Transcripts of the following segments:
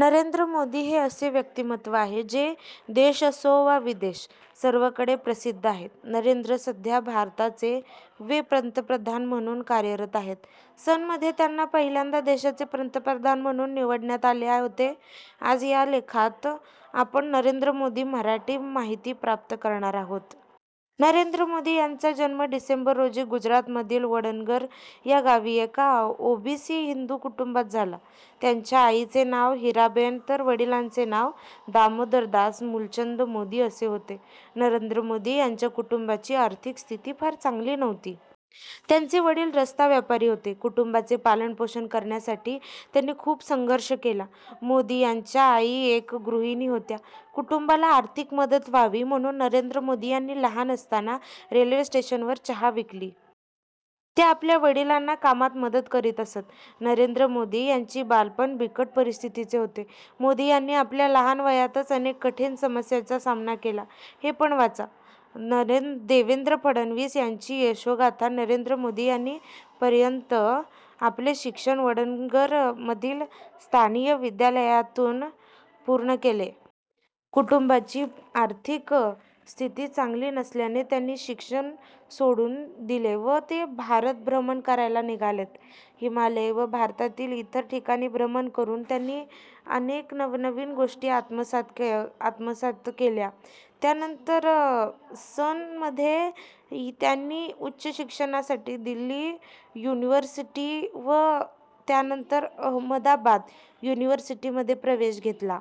नरेंद्र मोदी हे असे व्यक्तिमत्व आहे जे देश असो वा विदेश सर्वकडे प्रसिद्ध आहेत. नरेंद्र सध्या भारताचे वे पंतप्रधान म्हणून कार्यरत आहेत. सन मध्ये त्यांना पहिल्यांदा देशाचे पंतप्रधान म्हणून निवडण्यात आले होते. आज या लेखात आपण नरेंद्र मोदी मराठी माहिती प्राप्त करणार आहोत. नरेंद्र मोदी यांचा जन्म डिसेंबर रोजी गुजरातमधील वडनगर या गावी एका ओबीसी हिंदू कुटुंबात झाला. त्यांच्या आईचे नाव हिराबेन तर वडिलांचे नाव दामोदरदास मुलचंद मोदी असे होते. नरेंद्र मोदी यांच्या कुटुंबाची आर्थिक स्थिति फार चांगली नव्हती. त्यांचे वडील रस्ता व्यापारी होते. कुटुंबाचे पालनपोषण करण्यासाठी त्यांनी खूप संघर्ष केला. मोदी यांच्या आई एक गृहिणी होत्या. कुटुंबाला आर्थिक मदत व्हावी म्हणून नरेंद्र मोदी यांनी लहान असताना रेल्वे स्टेशन वर चहा विकली. ते आपल्या वडिलांना कामात मदत करीत असत. नरेंद्र मोदी यांची बालपण बिकट परिस्थितीचे होते. मोदी यांनी आपल्या लहान वयातच अनेक कठीण समस्याचा सामना केला. हे पण वाचा> देवेंद्र फडणवीस यांची यशोगाथा नरेंद्र मोदी यांनी पर्यन्त आपले शिक्षण वडनगर मधील स्थानीय विद्यालयातून पूर्ण केले. कुटुंबाची आर्थिक स्थिति चांगली नसल्याने त्यांनी शिक्षण सोडून दिले व ते भारत भ्रमण करायला निघालेत. हिमालय व भारतातील इतर ठिकाणी भ्रमण करून त्यांनी अनेक नवनवीन गोष्टी आत्मसात केल्या. या नंतर सन मध्ये त्यांनी उच्च शिक्षणासाठी दिल्ली यूनिवर्सिटी व त्यानंतर अहमदाबाद यूनिवर्सिटी मध्ये प्रवेश घेतला.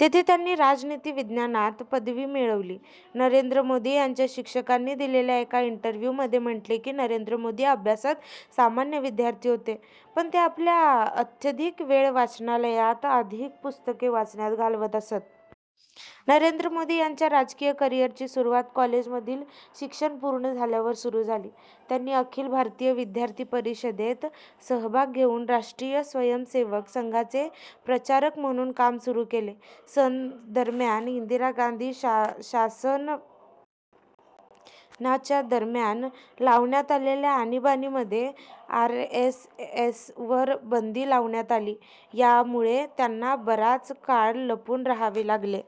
तेथे त्यांनी राजनीति विज्ञानात पदवी मिळवली. नरेंद्र मोदी यांच्या शिक्षकांनी दिलेल्या एक इंटरव्ह्यु मध्ये म्हटले की नरेंद्र मोदी अभ्यासात सामान्य विद्यार्थी होते पण ते आपला अत्यधिक वेळ वाचनालयात विविध पुस्तके वाचण्यात घालवत असत. नरेंद्र मोदी यांच्या राजकीय करियर ची सुरुवात कॉलेज मधील शिक्षण पूर्ण झाल्यावर सुरू झाली. त्यांनी अखिल भारतीय विद्यार्थी परिषदेत सहभाग घेऊन राष्ट्रीय स्वयम सेवक संघाचे प्रचारक म्हणून काम सुरू केले. सन दरम्यान इंदिरा गांधी शासनाच्या दरम्यान लावण्यात आलेल्या आणीबाणी मध्ये आरएसएस वर बंदी लावण्यात आली यामुळे त्यांना बराच काळ लपून राहावे लागले.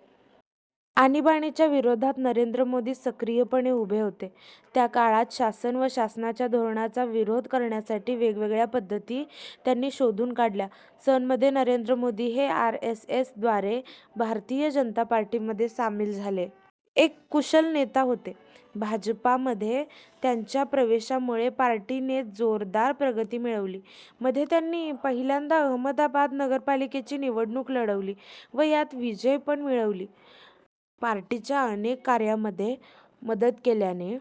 आणीबाणी च्या विरोधात नरेंद्र मोदी सक्रिय पणे उभे होते. त्या काळात शासन व शासनाच्या धोरणांचा विरोध करण्यासाठी वेगवेगळ्या पद्धती त्यांनी शोधून काढल्या. सन मध्ये नरेंद्र मोदी हे आरएसएस द्वारे भारतीय जनता पार्टी मध्ये सामील झाले. एक कुशल नेता होते. भाजपा मध्ये त्यांच्या प्रवेशामुळे पार्टी ने जोरदार प्रगती मिळवली. मध्ये त्यांनी पहिल्यांदा अहमदाबाद नगर पालिकेची निवडणूक लढवली. व यात विजय पण मिळवली. पार्टीच्या अनेक कार्यामध्ये मदत केल्याने